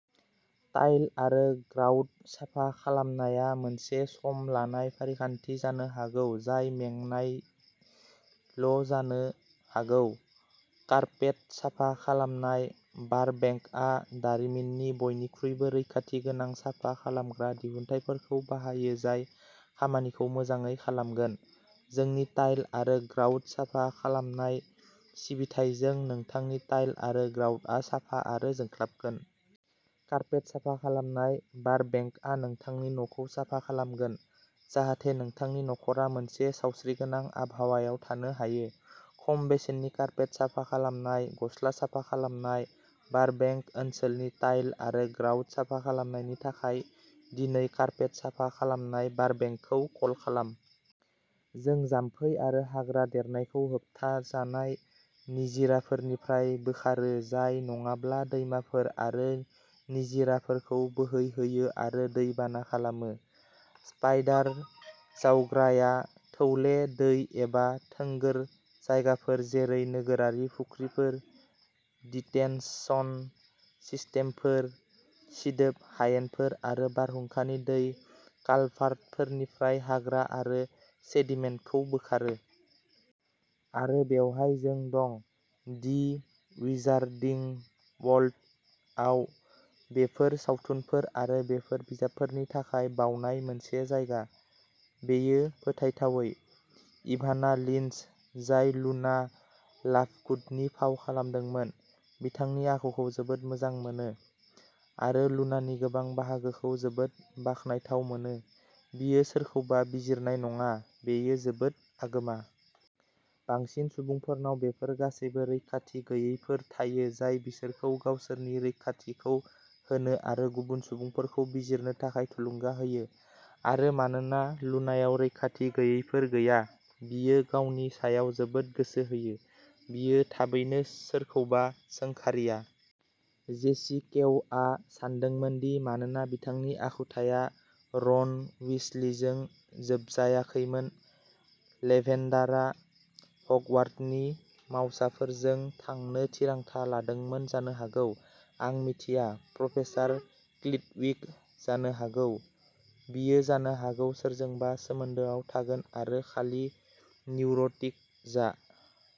Tile आरो grout साफा खालामनाया मोनसे सम लानाय फारिखान्थि जानो हागौ जाय मेंनायल'जानो हागौ। कारपेट साफा खालामनाय बारबेंकआ दारिमिननि बयनिख्रुइबो रैखाथि गोनां साफा खालामनाय दिहुनथायफोरखौ बाहायो जाय खामानिखौ मोजाङै खालामगोन। जोंनि टाइल आरो ग्राउट साफा खालामनाय सिबिथाइजों, नोंथांनि टाइल आरो ग्राउटआ साफा आरो जोंख्लाबगोन! कारपेट साफा खालामनाय बारबेंकआ नोंथांनि न'खौ साफा खालामगोन, जाहाथे नोंथांनि नखरा मोनसे सावस्रिगोनां आबहावायाव थानो हायो। खम बेसेननि कारपेट साफा खालामनाय, गस्ला साफा खालामनाय, बारबेंक ओनसोलनि टाइल आरो ग्राउट साफा खालामनायनि थाखाय, दिनै कारपेट साफा खालामनाय बारबेंकखौ कल खालाम! जों जामफै आरो हाग्रा देरनायखौ होबथाजानाय निजिराफोरनिफ्राय बोखारो जाय नङाब्ला दैमाफोर आरो निजिराफोरखौ बोहैहोयो आरो दै बाना खालामो। स्पाइडार जावग्राया थौले दै एबा थोंगोर जायगाफोर जेरै नोगोरारि फुख्रिफोर, दिटेनसन सिस्टेमफोर, सिदोब हायेनफोर आरो बारहुंखानि दै कालभार्टफोरनिफ्राय हाग्रा आरो सेडिमेन्टखौ बोखारो। आरो बेवहाय जों दं, दि विजार्डिं वर्ल्डआव, बेफोर सावथुनफोर आरो बेफोर बिजाबफोरनि थाखाय बावनाय मोनसे जायगा। बेयो फोथायथावै। "इभाना लिन्च, जाय लुना लाभगुडनि फाव खालामदोंमोन, बिथांनि आखुखौ जोबोद मोजां मोनो, आरो लुनानि गोबां बाहागोखौ जोबोद बाखनायथाव मोनोः" बियो सोरखौबा बिजिरनाय नङा, बेयो जोबोद आगोमा। बांसिन सुबुंफोरनाव बेफोर गासैबो रैखाथि गैयैफोर थायो जाय बिसोरखौ गावसोरनि रैखाथिखौ होनो आरो गुबुन सुबुंफोरखौ बिजिरनो थाखाय थुलुंगा होयो। आरो मानोना लुनायाव रैखाथि गैयैफोर गैया, बियो गावनि सायाव जोबोद गोसो होयो। बियो थाबैनो सोरखौबा सोंखारिया। "जेसि केव आ सानदोंमोन दि मानोना बिथांनि आखुथाया रन वीसलिजों जोबजायाखैमोन, लेभेन्डारा हगवार्टनि मावसाफोरजों थांनो थिरांथा लादोंमोन जानो हागौ-" आं मिथिया, प्रफेसार फ्लिटविक, जानो हागौ? बियो जानो हागौ सोरजोंबा सोमोन्दोआव थागोन आरो खालि निउर'टिक जा।